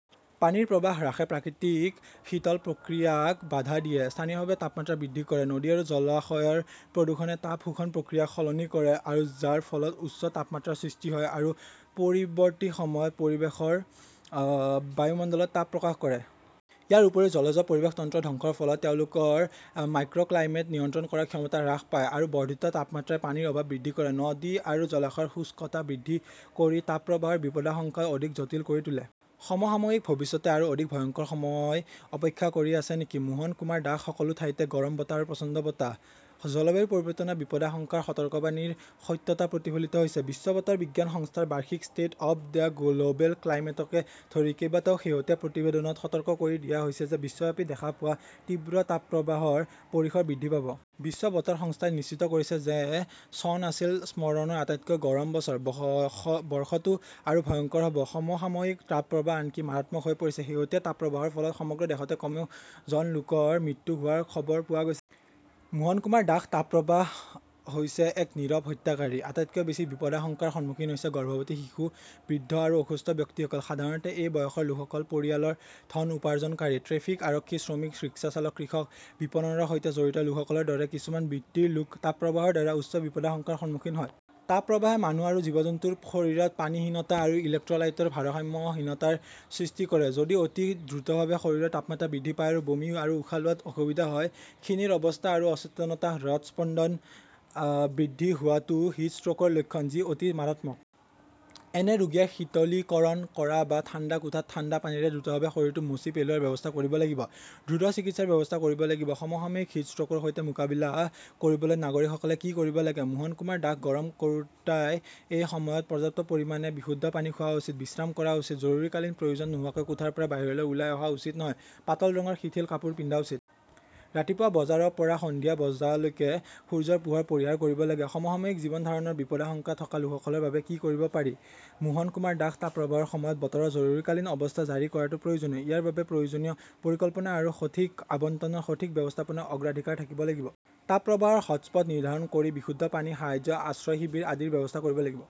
পানীৰ প্ৰবাহ হ্ৰাসে প্ৰাকৃতিক শীতল প্ৰক্ৰিয়াক বাধা দিয়ে, স্থানীয়ভাৱে তাপমাত্ৰা বৃদ্ধি কৰে। নদী আৰু জলাশয়ৰ প্ৰদূষণে তাপ শোষণ প্ৰক্ৰিয়াক সলনি কৰে, যাৰ ফলত উচ্চ তাপমাত্ৰাৰ সৃষ্টি হয় আৰু পৰৱৰ্তী সময়ত পৰিৱেশৰ বায়ুমণ্ডলত তাপ প্ৰকাশ কৰে। ইয়াৰ উপৰিও জলজ পৰিৱেশ তন্ত্ৰৰ ধ্বংসৰ ফলত তেওঁলোকৰ মাইক্ৰ'ক্লাইমেট নিয়ন্ত্ৰণ কৰাৰ ক্ষমতা হ্ৰাস পায়। আৰু বৰ্ধিত তাপমাত্ৰাই পানীৰ অভাৱ বৃদ্ধি কৰে, নদী আৰু জলাশয়ৰ শুষ্কতা বৃদ্ধি কৰি তাপপ্ৰবাহৰ বিপদাশংকা অধিক জটিল কৰি তোলে। সমসাময়িক ভৱিষ্যতে আৰু অধিক ভয়ংকৰ সময় অপেক্ষা কৰি আছে নেকি? মোহন কুমাৰ দাশ সকলো ঠাইতে গৰম বতাহ আৰু প্ৰচণ্ড বতাহ। জলবায়ু পৰিৱৰ্তনৰ বিপদাশংকাৰ সতৰ্কবাণীৰ সত্যতা প্ৰতিফলিত হৈছে। বিশ্ব বতৰ বিজ্ঞান সংস্থাৰ বাৰ্ষিক ষ্টেট অৱ দ্য গ্লʼবেল ক্লাইমেটকে ধৰি কেইবাটাও শেহতীয়া প্ৰতিবেদনত সতৰ্ক কৰি দিয়া হৈছে যে বিশ্বব্যাপী দেখা পোৱা তীব্ৰ তাপপ্ৰবাহৰ পৰিসৰ বৃদ্ধি পাব। বিশ্ব বতৰ সংস্থাই নিশ্চিত কৰিছে যে চন আছিল স্মৰণৰ আটাইতকৈ গৰম বছৰ। বৰ্ষটো আৰু ভয়ংকৰ হ 'ব! সমসাময়িক তাপপ্ৰবাহ আনকি মাৰাত্মক হৈ পৰিছে। শেহতীয়া তাপপ্ৰবাহৰ ফলত সমগ্ৰ দেশতে কমেও জন লোকৰ মৃত্যু হোৱাৰ খবৰ পোৱা গৈছে। মোহন কুমাৰ দাশ তাপপ্ৰবাহ হৈছে এক নীৰৱ হত্যাকাৰী। আটাইতকৈ বেছি বিপদাশংকাৰ সন্মুখীন হৈছে গৰ্ভৱতী, শিশু, বৃদ্ধ আৰু অসুস্থ ব্যক্তিসকল। সাধাৰণতে এই বয়সৰ লোকসকল পৰিয়ালৰ ধন উপাৰ্জনকাৰী। ট্ৰেফিক আৰক্ষী, শ্ৰমিক, ৰিক্সা চালক, কৃষক, বিপণনৰ সৈতে জড়িত লোকসকলৰ দৰে কিছুমান বৃত্তিৰ লোক তাপপ্ৰবাহৰ দ্বাৰা উচ্চ বিপদাশংকাৰ সন্মুখীন হয়। তাপপ্ৰবাহে মানুহ আৰু জীৱ-জন্তুৰ শৰীৰত পানীহীনতা আৰু ইলেক্ট্ৰলাইটৰ ভাৰসাম্যহীনতাৰ সৃষ্টি কৰে। যদি অতি দ্ৰুতভাৱে শৰীৰৰ তাপমাত্ৰা বৃদ্ধি পায় আৰু বমি আৰু উশাহ লোৱাত অসুবিধা হয়, খিনিৰ অৱস্থা আৰু অচেতনতা, হৃদস্পন্দন বৃদ্ধি হোৱাটো হিট ষ্ট্ৰোকৰ লক্ষণ; যি অতি মাৰাত্মক! এনে ৰোগীয়ে শীতলীকৰণ কৰা বা ঠাণ্ডা কোঠাত ঠাণ্ডা পানীৰে দ্ৰুতভাৱে শৰীৰটো মচি পেলোৱাৰ ব্যৱস্থা কৰিব লাগিব। দ্ৰুত চিকিৎসাৰ ব্যৱস্থা কৰিব লাগিব। সমসাময়িক হিটষ্ট্ৰোকৰ সৈতে মোকাবিলা কৰিবলৈ নাগৰিকসকলে কি কৰিব লাগে? মোহন কুমাৰ দাস গৰম কৰোঁতাই এই সময়ত পৰ্যাপ্ত পৰিমাণে বিশুদ্ধ পানী খোৱা উচিত, বিশ্ৰাম কৰা উচিত, জৰুৰীকালীন প্ৰয়োজন নোহোৱাকৈ কোঠাৰ পৰা বাহিৰলৈ ওলাই অহা উচিত নহয়, পাতল ৰঙৰ শিথিল কাপোৰ পিন্ধা উচিত। ৰাতিপুৱা বজাৰ পৰা সন্ধিয়া বজালৈকে সূৰ্যৰ পোহৰ পৰিহাৰ কৰিব লাগে। সমসাময়িক জীৱন ধাৰণৰ বিপদাশংকা থকা লোকসকলৰ বাবে কি কৰিব পাৰি? মোহন কুমাৰ দাশ তাপপ্ৰবাহৰ সময়ত 'বতৰৰ জৰুৰীকালীন অৱস্থা জাৰি কৰাটো প্ৰয়োজনীয়। ইয়াৰ বাবে প্ৰয়োজনীয় পৰিকল্পনা আৰু সঠিক আবণ্টনৰ সঠিক ব্যৱস্থাপনাৰ অগ্ৰাধিকাৰ থাকিব লাগিব। তাপ প্ৰবাহৰ 'হটʼস্পট নিৰ্ধাৰণ কৰি বিশুদ্ধ পানী, সাহায্য, আশ্ৰয় শিবিৰ আদিৰ ব্যৱস্থা কৰিব লাগিব।